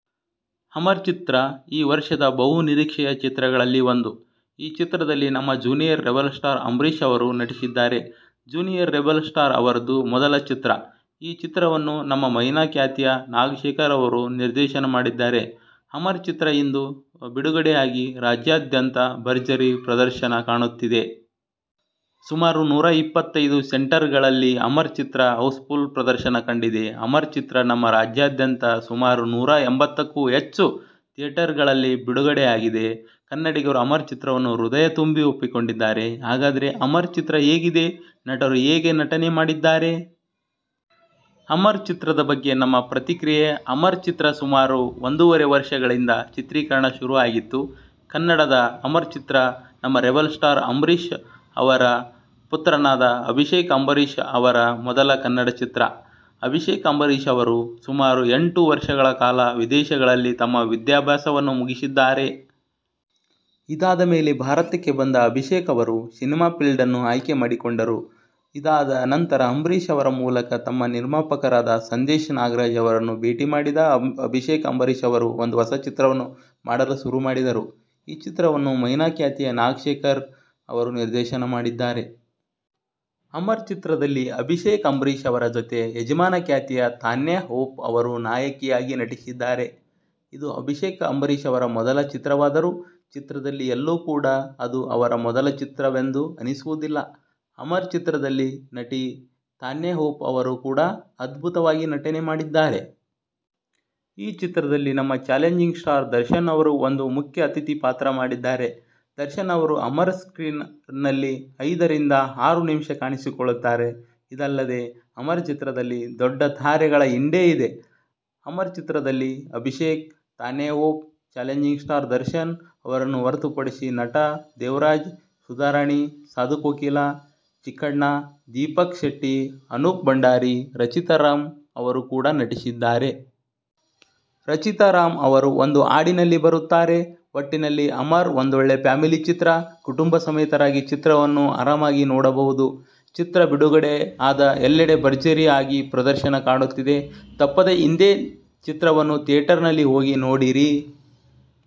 ಅಮರ್ ಚಿತ್ರ ಈ ವರ್ಷದ ಬಹು ನಿರೀಕ್ಷೆಯ ಚಿತ್ರಗಳಲ್ಲಿ ಒಂದು! ಈ ಚಿತ್ರದಲ್ಲಿ ನಮ್ಮ ಜೂನಿಯರ್ ರೆಬೆಲ್ ಸ್ಟಾರ್ ಅಂಬರೀಷ್ ಅವರು ನಟಿಸಿದ್ದಾರೆ. ಜೂನಿಯರ್ ರೆಬೆಲ್ ಸ್ಟಾರ್ ಅವರದ್ದು ಮೊದಲ ಚಿತ್ರ. ಈ ಚಿತ್ರವನ್ನು ನಮ್ಮ ಮೈನಾ ಖ್ಯಾತಿಯ ನಾಗಶೇಖರ್ ಅವರು ನಿರ್ದೇಶನ ಮಾಡಿದ್ದಾರೆ. ಅಮರ್ ಚಿತ್ರ ಇಂದು ಬಿಡುಗಡೆ ಆಗಿ ರಾಜ್ಯಾದ್ಯಂತ ಭರ್ಜರಿ ಪ್ರದರ್ಶನ ಕಾಣುತ್ತಿದೆ. ಸುಮಾರು ನೂರ ಇಪ್ಪತ್ತೈದು ಸೆಂಟರ್ ಗಳಲ್ಲಿ ಅಮರ್ ಚಿತ್ರ ಹೌಸ್ ಫುಲ್ ಪ್ರದರ್ಶನ ಕಂಡಿದೆ. ಅಮರ್ ಚಿತ್ರ ನಮ್ಮ ರಾಜ್ಯಾದ್ಯಂತ ಸುಮಾರು ನೂರ ಎಂಬತ್ತಕ್ಕೂ ಹೆಚ್ಚು ಥಿಯೇಟರ್ ಗಳಲ್ಲಿ ಬಿಡುಗಡೆ ಆಗಿದೆ. ಕನ್ನಡಿಗರು ಅಮರ್ ಚಿತ್ರವನ್ನು ಹೃದಯ ತುಂಬಿ ಒಪ್ಪಿಕೊಂಡಿದ್ದಾರೆ. ಹಾಗಾದ್ರೆ ಅಮರ್ ಚಿತ್ರ ಹೇಗಿದೆ, ನಟರು ಹೇಗೆ ನಟನೆ ಮಾಡಿದ್ದಾರೆ? ಅಮರ್ ಚಿತ್ರದ ಬಗ್ಗೆ ನಮ್ಮ ಪ್ರತಿಕ್ರೆಯೆ! ಅಮರ್ ಚಿತ್ರ ಸುಮಾರು ಒಂದೂವರೆ ವರ್ಷಗಳಿಂದ ಚಿತ್ರೀಕರಣ ಶುರು ಆಗಿತ್ತು. ಕನ್ನಡದ ಅಮರ್ ಚಿತ್ರ, ನಮ್ಮ ರೆಬೆಲ್ ಸ್ಟಾರ್ ಅಂಬರೀಷ್ ಅವರ ಪುತ್ರನಾದ ಅಭಿಷೇಕ್ ಅಂಬರೀಷ್ ಅವರ ಮೊದಲ ಕನ್ನಡ ಚಿತ್ರ. ಅಭಿಷೇಕ್ ಅಂಬರೀಷ್ ಅವರು ಸುಮಾರು ಎಂಟು ವರ್ಷಗಳ ಕಾಲ ವಿದೇಶದಲ್ಲಿ ತಮ್ಮ ವಿದ್ಯಾಭ್ಯಾಸ ವನ್ನು ಮುಗಿಸಿದ್ದಾರೆ. ಇದಾದ ಮೇಲೆ ಭಾರತಕ್ಕೆ ಬಂದ ಅಭಿಷೇಕ್ ಅವರು ಸಿನಿಮಾ ಫೀಲ್ಡನ್ನು ಆಯ್ಕೆ ಮಾಡಿಕೊಂಡರು. ಇದಾದ ನಂತರ ಅಂಬರೀಷ್ ಅವರ ಮೂಲಕ ನಮ್ಮ ನಿರ್ಮಾಪಕರಾದ ಸಂದೇಶ್ ನಾಗರಾಜ್ ಅವರನ್ನು ಭೇಟಿ ಮಾಡಿದ ಅಭಿಷೇಕ್ ಅಂಬರೀಷ್ ಅವರು ಒಂದು ಹೊಸ ಚಿತ್ರವನ್ನು ಮಾಡಲು ಶುರು ಮಾಡಿದರು. ಈ ಚಿತ್ರವನ್ನು ಮೈನಾ ಖ್ಯಾತಿಯ ನಾಗಶೇಖರ್ ಅವರು ನಿರ್ದೇಶನ ಮಾಡಿದ್ದಾರೆ. ಅಮರ್ ಚಿತ್ರದಲ್ಲಿ ಅಭಿಷೇಕ್ ಅಂಬರೀಷ್ ಅವರ ಜೊತೆ, ಯಜಮಾನ ಖ್ಯಾತಿಯ ತಾನ್ಯಾ ಹೋಪ್ ಅವರು ನಾಯಕಿ ಯಾಗಿ ನಟಿಸಿದ್ದಾರೆ. ಇದು ಅಭಿಷೇಕ್ ಅಂಬರೀಷ್ ಅವರ ಮೊದಲ ಚಿತ್ರವಾದರೂ, ಚಿತ್ರದಲ್ಲಿ ಎಲ್ಲೂ ಕೂಡ ಇದು ಅವರ ಮೊದಲ ಚಿತ್ರ ವೆಂದು ಅನಿಸುವುದಿಲ್ಲ ಅಮರ್ ಚಿತ್ರದಲ್ಲಿ ನಟಿ ತಾನ್ಯಾ ಹೋಪ್ ಅವರು ಕೂಡ ಅದ್ಭುತವಾಗಿ ನಟನೆ ಮಾಡಿದ್ದಾರೆ. ಈ ಚಿತ್ರದಲ್ಲಿ ನಮ್ಮ ಚಾಲೆಂಜಿಂಗ್ ಸ್ಟಾರ್ ದರ್ಶನ್ ಅವರು ಒಂದು ಮುಖ್ಯ ಅತಿಥಿ ಪಾತ್ರ ಮಾಡಿದ್ದಾರೆ. ದರ್ಶನ್ ಅವರು ಅಮರ್ ಸ್ಕ್ರೀನ್ ನಲ್ಲಿ ಐದ ರಿಂದ ಆರು ನಿಮಿಷ ಕಾಣಿಸಿಕೊಳ್ಳುತ್ತಾರೆ. ಇದಲ್ಲದೆ ಅಮರ್ ಚಿತ್ರದಲ್ಲಿ ದೊಡ್ಡ ತಾರೆಗಳ ಹಿಂಡೇ ಇದೆ. ಅಮರ್ ಚಿತ್ರದಲ್ಲಿ ಅಭಿಷೇಕ್, ತಾನ್ಯಾ ಹೋಪ್, ಚಾಲೆಂಜಿಂಗ್ ಸ್ಟಾರ್ ದರ್ಶನ್ ಅವರನ್ನು ಹೊರೆತುಪಡಿಸಿ ನಟ ದೇವರಾಜ್, ಸುಧಾ ರಾಣಿ, ಸಾಧು ಕೋಕಿಲ, ಚಿಕ್ಕಣ್ಣ, ದೀಪಕ್ ಶೆಟ್ಟಿ, ಅನೂಪ್ ಭಂಡಾರಿ, ರಚಿತಾ ರಾಮ್ ಅವರು ಕೂಡ ನಟಿಸಿದ್ದಾರೆ. ರಚಿತಾ ರಾಮ್ ಅವರು ಒಂದು ಹಾಡಿನಲ್ಲಿ ಬರುತ್ತಾರೆ. ಒಟ್ಟಿನಲ್ಲಿ ಅಮರ್ ಒಂದೊಳ್ಳೆ ಫ್ಯಾಮಿಲಿ ಚಿತ್ರ. ಕುಟುಂಬಸಮೇತರಾಗಿ ಚಿತ್ರವನ್ನು ಆರಾಮಾಗಿ ನೋಡಬಹುದು. ಚಿತ್ರ ಬಿಡುಗಡೆ ಆದ ಎಲ್ಲೆಡೆ ಭರ್ಜರಿ ಆಗಿ ಪ್ರದರ್ಶನ ಕಾಣುತ್ತಿದೆ! ತಪ್ಪದೆ ಇಂದೇ ಚಿತ್ರವನ್ನು ಥಿಯೇಟರ್ ನಲ್ಲಿ ಹೋಗಿ ನೋಡಿರಿ!